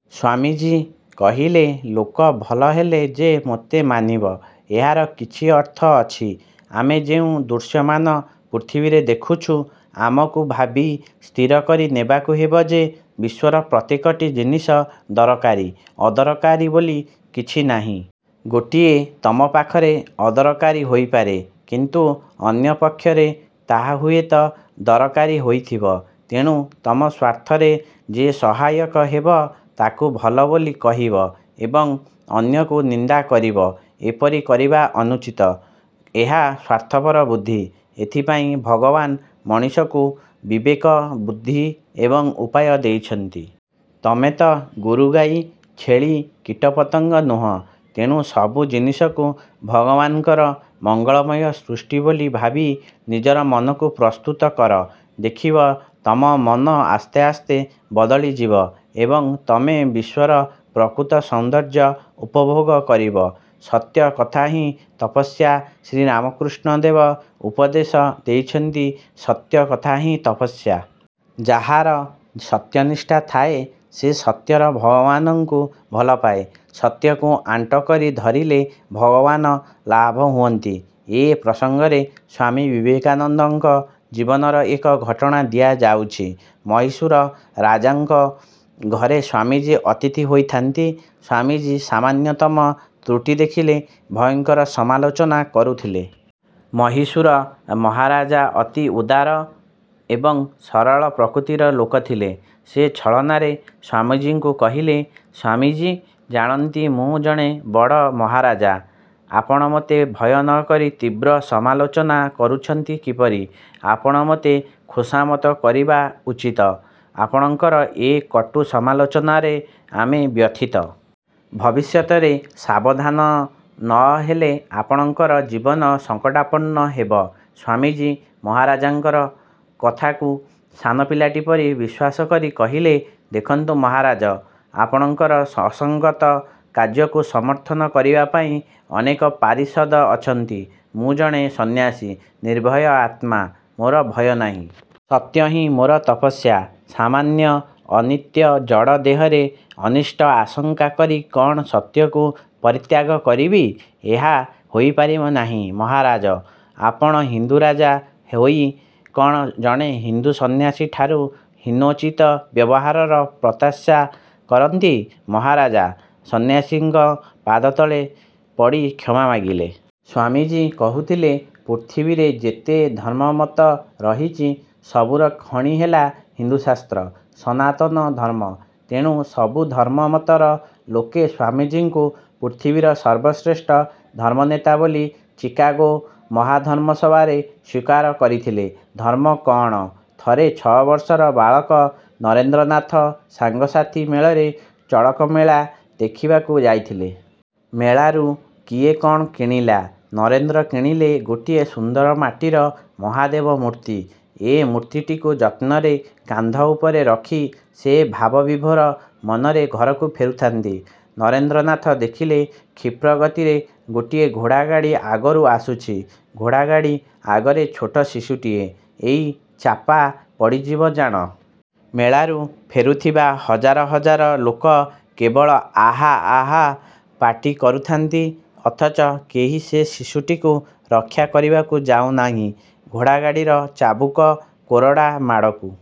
' ସ୍ୱାମୀଜୀ କହିଲେ, 'ଲୋକ ଭଲ ହେଲେ ଯେ ମୋତେ ମାନିବ, ଏହାର କିଛି ଅର୍ଥ ଅଛି? ଆମେ ଯେଉଁ ଦୃଶ୍ୟମାନ ପୃଥିବୀରେ ଦେଖୁଛୁ, ଆମକୁ ଭାବି ସ୍ଥିର କରି ନେବାକୁ ହେବ ଯେ ବିଶ୍ୱର ପ୍ରତ୍ୟେକଟି ଜିନିଷ ଦରକାରୀ। ଅଦରକାରୀ ବୋଲି କିଛି ନାହିଁ। ଗୋଟିଏ ତମ ପାଖରେ ଅଦରକାରୀ ହୋଇପାରେ, କିନ୍ତୁ ଅନ୍ୟପକ୍ଷରେ ତାହା ହୁଏତ ଦରକାରୀ ହୋଇଥିବ। ତେଣୁ ତମ ସ୍ୱାର୍ଥରେ ଯେ ସହାୟକ ହେବ ତାକୁ ଭଲ ବୋଲି କହିବ ଏବଂ ଅନ୍ୟକୁ ନିନ୍ଦା କରିବ, ଏପରି କରିବା ଅନୁଚିତ। ଏହା ସ୍ୱାର୍ଥପର ବୁଦ୍ଧି। ଏଥିପାଇଁ ଭଗବାନ ମଣିଷକୁ ବିବେକ, ବୁଦ୍ଧି ଏବଂ ଉପାୟ ଦେଇଛନ୍ତି। ତମେ ତ ଗୋରୁ-ଗାଈ, ଛେଳି, କୀଟପତଙ୍ଗ ନୁହଁ। ତେଣୁ ସବୁ ଜିନିଷକୁ ଭଗବାନଙ୍କର ମଙ୍ଗଳମୟ ସୃଷ୍ଟି ବୋଲି ଭାବି ନିଜର ମନକୁ ପ୍ରସ୍ତୁତ କର। ଦେଖିବ ତମ ମନ ଆସ୍ତେ ଆସ୍ତେ ବଦଳିଯିବ ଏବଂ ତମେ ବିଶ୍ୱର ପ୍ରକୃତ ସୌନ୍ଦର୍ଯ୍ୟ ଉପଭୋଗ କରିବ। ସତ୍ୟ କଥାହିଁ ତପସ୍ୟା ଶ୍ରୀରାମକୃଷ୍ଣ ଦେବ ଉପଦେଶ ଦେଇଛନ୍ତି-ସତ୍ୟ କଥାହିଁ ତପସ୍ୟା। ଯାହାର ସତ୍ୟନିଷ୍ଠା ଥାଏ, ସେ ସତ୍ୟର ଭଗବାନଙ୍କୁ ଭଲପାଏ। ସତ୍ୟକୁ ଆଣ୍ଟ କରି ଧରିଲେ ଭଗବାନ ଲାଭ ହୁଅନ୍ତି। ଏ ପ୍ରସଙ୍ଗରେ ସ୍ୱାମୀ ବିବେକାନନ୍ଦଙ୍କ ଜୀବନର ଏକ ଘଟଣା ଦିଆଯାଉଛି। ମହୀଶୂର ରାଜାଙ୍କ ଘରେ ସ୍ୱାମୀଜୀ ଅତିଥି ହୋଇଥାନ୍ତି। ସ୍ୱାମୀଜୀ ସାମାନ୍ୟତମ ତ୍ରୁଟି ଦେଖିଲେ ଭୟଙ୍କର ସମାଲୋଚନା କରୁଥିଲେ। ମହୀଶୂର ମହାରାଜା ଅତି ଉଦାର ଏବଂ ସରଳ ପ୍ରକୃତିର ଲୋକ ଥିଲେ। ସେ ଛଳନାରେ ସ୍ୱାମୀଜୀଙ୍କୁ କହିଲେ-''ସ୍ୱାମୀଜୀ, ଜାଣନ୍ତି ମୁଁ ଜଣେ ବଡ଼ ମହାରାଜା-? ଆପଣ ମୋତେ ଭୟ ନ କରି ତୀବ୍ର ସମାଲୋଚନା କରୁଛନ୍ତି କିପରି? ଆପଣ ମୋତେ ଖୋସାମତ କରିବା ଉଚିତ। ଆପଣଙ୍କର ଏ କଟୁ ସମାଲୋଚନାରେ ଆମେ ବ୍ୟଥିତ-। ଭବିଷ୍ୟତରେ ସାବଧାନ ନ ହେଲେ ଆପଣଙ୍କ ଜୀବନ ସଙ୍କଟାପନ୍ନ ହେବ। '' ସ୍ୱାମୀଜୀ ମହାରାଜାଙ୍କର କଥାକୁ ସାନପିଲାଟି ପରି ବିଶ୍ୱାସ କରି କହିଲେ, ''ଦେଖନ୍ତୁ ମହାରାଜ, ଆପଣଙ୍କର ଅସଙ୍ଗତ କାର୍ଯ୍ୟକୁ ସମର୍ଥନ କରିବାପାଇଁ ଅନେକ ପାରିଷଦ ଅଛନ୍ତି। ମୁଁ ଜଣେ ସନ୍ନ୍ୟାସୀ, ନିର୍ଭୟ ଆତ୍ମା। ମୋର ଭୟ ନାହିଁ। ସତ୍ୟହିଁ ମୋର ତପସ୍ୟା। ସାମାନ୍ୟ ଅନିତ୍ୟ ଜଡ଼ ଦେହରେ ଅନିଷ୍ଟ ଆଶଙ୍କା କରି କଣ ସତ୍ୟକୁ ପରିତ୍ୟାଗ କରିବି? ଏହା ହୋଇପାରିବ ନାହିଁ, ମହାରାଜ। ଆପଣ ହିନ୍ଦୁରାଜା ହୋଇ କ'ଣ ଜଣେ ହିନ୍ଦୁ ସନ୍ନ୍ୟାସୀଠାରୁ ହୀନୋଚିତ ବ୍ୟବହାରର ପ୍ରତ୍ୟାଶା କରନ୍ତି। '' ମହାରାଜା ସନ୍ନ୍ୟାସୀଙ୍କ ପାଦତଳେ ପଡ଼ି କ୍ଷମା ମାଗିଲେ। ସ୍ୱାମୀଜୀ କହୁଥିଲେ, 'ପୃଥିବୀରେ ଯେତେ ଧର୍ମମତ ରହିଛି, ସବୁର ଖଣି ହେଲା ହିନ୍ଦୁଶାସ୍ତ୍ର, ସନାତନ ଧର୍ମ। ' ତେଣୁ ସବୁ ଧର୍ମମତର ଲୋକେ ସ୍ୱାମୀଜୀଙ୍କୁ ପୃଥିବୀର ସର୍ବଶ୍ରେଷ୍ଠ ଧର୍ମନେତା ବୋଲି ଚିକାଗୋ ମହାଧର୍ମସଭାରେ ସ୍ୱୀକାର କରିଥିଲେ। ଧର୍ମ କଅଣ? ଥରେ ଛଅବର୍ଷର ବାଳକ ନରେନ୍ଦ୍ରନାଥ ସାଙ୍ଗସାଥି ମେଳରେ ଚଡ଼କମେଳା ଦେଖିବାକୁ ଯାଇଥିଲେ। ମେଳାରୁ କିଏ କ'ଣ କିଣିଲା। ନରେନ୍ଦ୍ର କିଣିଲେ ଗୋଟିଏ ସୁନ୍ଦର ମାଟିର ମହାଦେବମୂର୍ତ୍ତି। ଏ ମୂର୍ତ୍ତିଟିକୁ ଯତ୍ନରେ କାନ୍ଧ ଉପରେ ରଖି ସେ ଭାବବିଭୋର ମନରେ ଘରକୁ ଫେରୁଥାନ୍ତି। ନରେନ୍ଦ୍ରନାଥ ଦେଖିଲେ କ୍ଷିପ୍ର ଗତିରେ ଗୋଟିଏ ଘୋଡ଼ାଗାଡ଼ି ଆଗରୁ ଆସୁଛି। ଘୋଡ଼ାଗାଡ଼ି ଆଗରେ ଛୋଟ ଶିଶୁଟିଏ, ଏଇ ଚାପା ପଡ଼ିଯିବ ଜାଣ। ମେଳାରୁ ଫେରୁଥିବା ହଜାର ହଜାର ଲୋକ କେବଳ ଆହା ଆହା ପାଟି କରୁଥାନ୍ତି ଅଥଚ କେହି ସେ ଶିଶୁଟିକୁ ରକ୍ଷା କରିବାକୁ ଯାଉନାହିଁ। ଘୋଡ଼ାଗାଡ଼ିର ଚାବୁକ-କୋରଡ଼ା ମାଡ଼କୁ